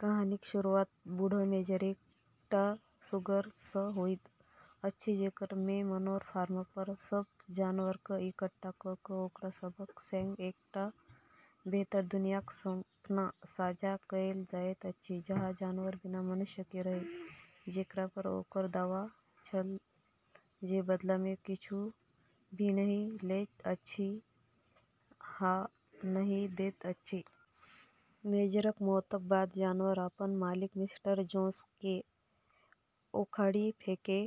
कहानीक शुरुआत बूढ़ मेजर, एकटा सुग्गर सँ होइत अछि, जेकरा मे मनोर फार्म पर सभ जानवर केँ इकट्ठा कऽ कऽ ओकरा सभक सँग एकटा बेहतर दुनियाक सपना साझा कएल जाइत अछि, जहाँ जानवर बिना मनुष्यक रहए, जेकरा पर ओकर दावा छल जे बदला मे किछु भी नहि लैत अछि आ नहि दैत अछि। मेजरक मौतक बाद जानवर अपन मालिक मिस्टर जोन्स केँ उखाड़ि फेंकै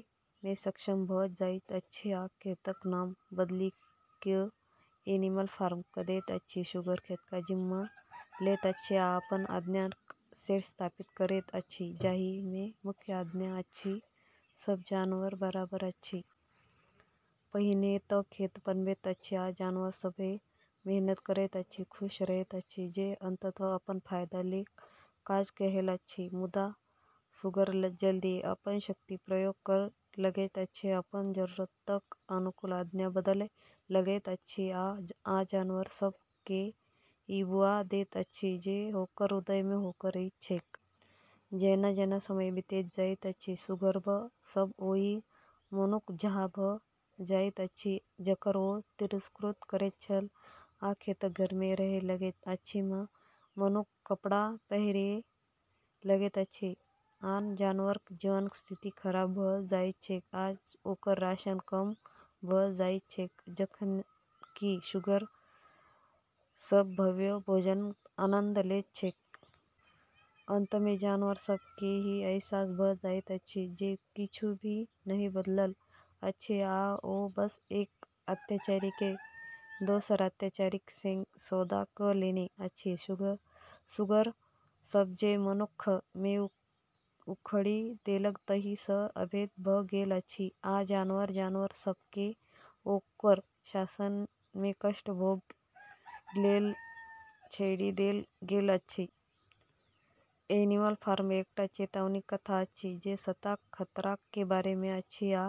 मे सक्षम भऽ जाइत अछि आ खेतक नाम बदलि कऽ एनिमल फार्म कऽ दैत अछि। सुग्गर खेतक जिम्मा लैत अछि आ अपन आज्ञाक सेट स्थापित करैत अछि, जाहि मे मुख्य आज्ञा अछि, "सभ जानवर बराबर अछि"। पहिने तँ खेत पनपैत अछि, आ जानवर सभ मेहनत करैत अछि, खुश रहैत अछि जे अंततः अपन फायदा लेल काज कऽ रहल अछि। मुदा, सुग्गर जल्दिये अपन शक्तिक प्रयोग करय लगैत अछि, अपन जरूरतक अनुकूल आज्ञा बदलय लगैत अछि आ आन जानवर सभ केँ ई बुझा दैत अछि जे ओकर हृदय मे ओकर हित छैक। जेना-जेना समय बीतैत जाइत अछि, सुग्गर सभ ओहि मनुक्ख जकाँ भऽ जाइत अछि जकरा ओ तिरस्कृत करैत छल आ खेतक घर मे रहय लगैत अछि आ मनुक्खक कपड़ा पहिरय लगैत अछि। आन जानवरक जीवनक स्थिति खराब भऽ जाइत छैक, आ ओकर राशन कम भऽ जाइत छैक जखन कि सुग्गर सभ भव्य भोजनक आनंद लैत छैक। अंत मे जानवर सभ केँ ई अहसास भऽ जाइत अछि जे किछु भी नहि बदलल अछि आ ओ बस एक अत्याचारी केँ दोसर अत्याचारीक सँग सौदा कऽ लेने अछि। सुग्गर सभ जे मनुक्ख केँ उखाड़ि देलक ताहि सँ अभेद्य भऽ गेल अछि, आ आन जानवर सभ केँ ओकर शासन मे कष्ट भोगय लेल छोड़ि देल गेल अछि। एनिमल फार्म एकटा चेतावनी कथा अछि जे सत्ताक खतराक बारे मे अछि आ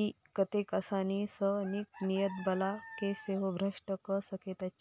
ई कतेक आसानी सँ नीक नीयत बला केँ सेहो भ्रष्ट कऽ सकैत अछि।